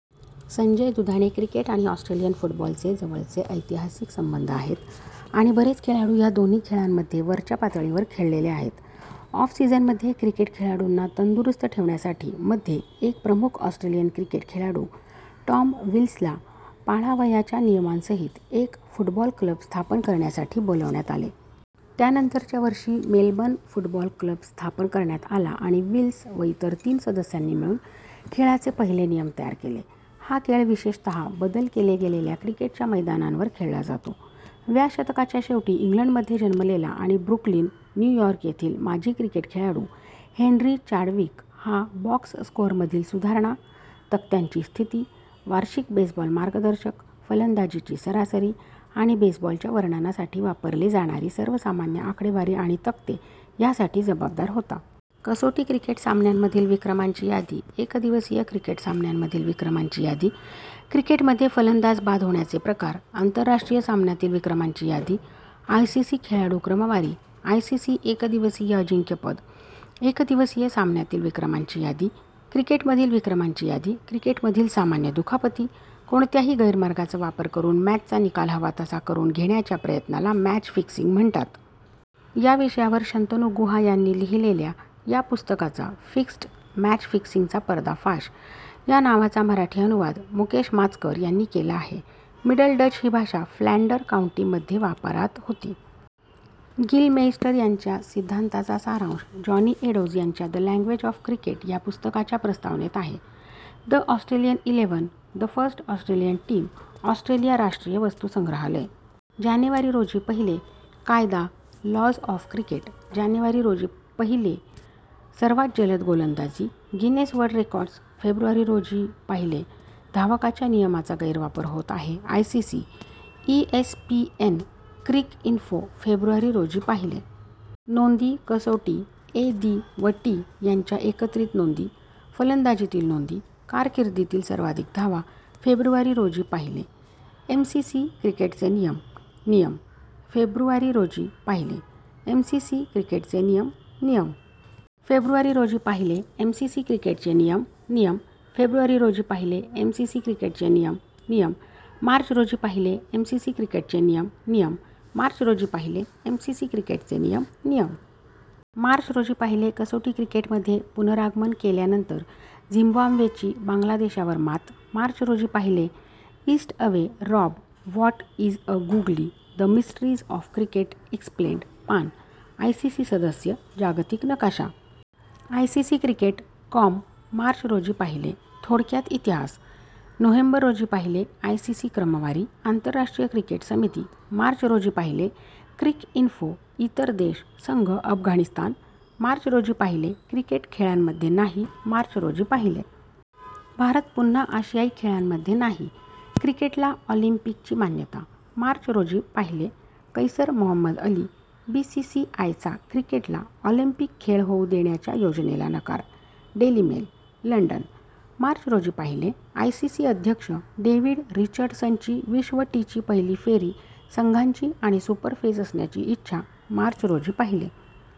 Sanjay Dudhane cricket आणि Australian फुटबॉलचे जवळचे ऐतिहासिक संबंध आहेत आणि बरेच खेळाडू ह्या दोन्ही खेळांमध्ये वरच्या पातळीवर खेळलेले आहेत. ऑफ सीझनमध्ये क्रिकेट खेळाडूंना तंदुरुस्त ठेवण्यासाठी, मध्ये, एक प्रमुख ऑस्ट्रेलियन क्रिकेट खेळाडू टॉम विल्सला "पाळावयाच्या नियमांसहित" एक "फुट-बॉल क्लब" स्थापन करण्यासाठी बोलावण्यात आले. त्यानंतरच्या वर्षी मेलबर्न फुटबॉल क्लब स्थापन करण्यात आला, आणि विल्स व इतर तीन सदस्यांनी मिळून खेळाचे पहिले नियम तयार केले. हा खेळ विशेषतः बदल केले गेलेल्या क्रिकेटच्या मैदानांवर खेळला जातो. व्या शतकाच्या शेवटी इंग्लंडमध्ये जन्मलेला आणि ब्रुकलीन, न्यू यॉर्क येथील माजी क्रिकेट खेळाडू हेनरी चाडविक हा "बॉक्स स्कोअरमधील सुधारणा, तक्त्याची स्थिती, वार्षिक बेसबॉल मार्गदर्शक, फलंदाजीची सरासरी, आणि बेसबॉलच्या वर्णनासाठी वापरले जाणारी सर्वसामान्य आकडेवारी आणि तक्ते" ह्यासाठी जबाबदार होता. कसोटी क्रिकेट सामन्यांमधील विक्रमांची यादी एकदिवसीय क्रिकेट सामन्यांमधील विक्रमांची यादी क्रिकेटमध्ये फलंदाज बाद होण्याचे प्रकार आंतरराष्ट्रीय - सामन्यातील विक्रमांची यादी आयसीसी खेळाडू क्रमवारी आयसीसी एकदिवसीय अजिंक्यपद एकदिवसीय सामन्यातील विक्रमांची यादी क्रिकेटमधील विक्रमांची यादी क्रिकेटमधील सामान्य दुखापती कोणत्याही गैरमार्गाचा वापर करून मॅचचा निकाल हवा तसा करून घेण्याच्या प्रयत्नाला मॅच फिक्सिंग म्हणतात. या विषयावर शंतनु गुहा यांनी लिहिलेल्या '!:' या पुस्तकाचा 'फिक्स्ड: मॅच फिक्सिंगचा पर्दाफाश' या नावाचा मराठी अनुवाद मुकेश माचकर यांनी केला आहे. ^ मिडल डच ही भाषा फ्लॅंडर कांऊटीमध्ये वापरात होती. ^ गिलमेइस्टर यांच्या सिद्धान्ताचा सारांश जॉनी एडोज यांच्या द लॅंग्वेज ऑफ क्रिकेट ह्या पुस्तकाच्या प्रस्तावनेत आहे., ---.^ the Australian eleven: the first Australian team, Australia राष्ट्रीय वस्तुसंग्रहालय. जानेवारी रोजी पाहिले. ^ "कायदा ". Laws of cricket. जानेवारी रोजी पाहिले. ^ "सर्वात जलद गोलंदाजी". Guinness world records. फेब्रुवारी रोजी पाहिले. ^ "धावकाच्या नियमाचा गैरवापर होत आहे, आयसीसी". ESPN Cricinfo. फेब्रुवारी रोजी पाहिले. ^ "नोंदी / कसोटी, ए. दि. व टी यांच्या एकत्रित नोंदी / फलंदाजीतील नोंदी; कारकीर्दीतील सर्वाधिक धावा". फेब्रुवारी रोजी पाहिले. ^ एमसीसी – क्रिकेटचे नियम: नियम. फेब्रुवारी रोजी पाहिले. ^ एमसीसी – क्रिकेटचे नियम: नियम. फेब्रुवारी रोजी पाहिले. ^ एमसीसी – क्रिकेटचे नियम: नियम. फेब्रुवारी रोजी पाहिले. ^ एमसीसी – क्रिकेटचे नियम: नियम. मार्च रोजी पाहिले. ^ एमसीसी – क्रिकेटचे नियम: नियम. मार्च रोजी पाहिले. ^ एमसीसी – क्रिकेटचे नियम: नियम. मार्च रोजी पाहिले. ^ "कसोटी क्रिकेटमध्ये पुनरागमन केल्यानंतर झिम्बाब्वेची बांगलादेशवर मात". मार्च रोजी पाहिले. ^ Eastaway, Rob, what is a googly?: the mysteries of cricket explained, पान.. ^ "आयसीसी सदस्य, जागतिक नकाशा". आयसीसी-क्रिकेट. कॉम. मार्च रोजी पाहिले.. ^ "थोडक्यात इतिहास... ". नोव्हेंबर रोजी पाहिले. ^ "आयसीसी क्रमवारी". आंतरराष्ट्रीय क्रिकेट समिती. मार्च रोजी पाहिले. ^ "क्रिकइन्फो-इतर देश-संघ-अफगाणिस्तान". मार्च रोजी पाहिले. ^ "क्रिकेट खेळांमध्ये नाही". मार्च रोजी पाहिले. ^ "भारत पुन्हा आशियाई खेळांमध्ये नाही". ^ "क्रिकेटला ऑलिंपिकची मान्यता". मार्च रोजी पाहिले. ^ कैसर मोहम्मद अली. "बीसीसीआयचा क्रिकेटला ऑलिंपिक खेळ होऊ देण्याच्या योजनेला नकार". Daily Mail. लंडन. मार्च रोजी पाहिले. ^ "आयसीसी अध्यक्ष डेव्हिड रिचर्डसनची विश्व टी ची पहिली फेरी संघांची आणि सुपर फेज असण्याची इच्छा". मार्च रोजी पाहिले.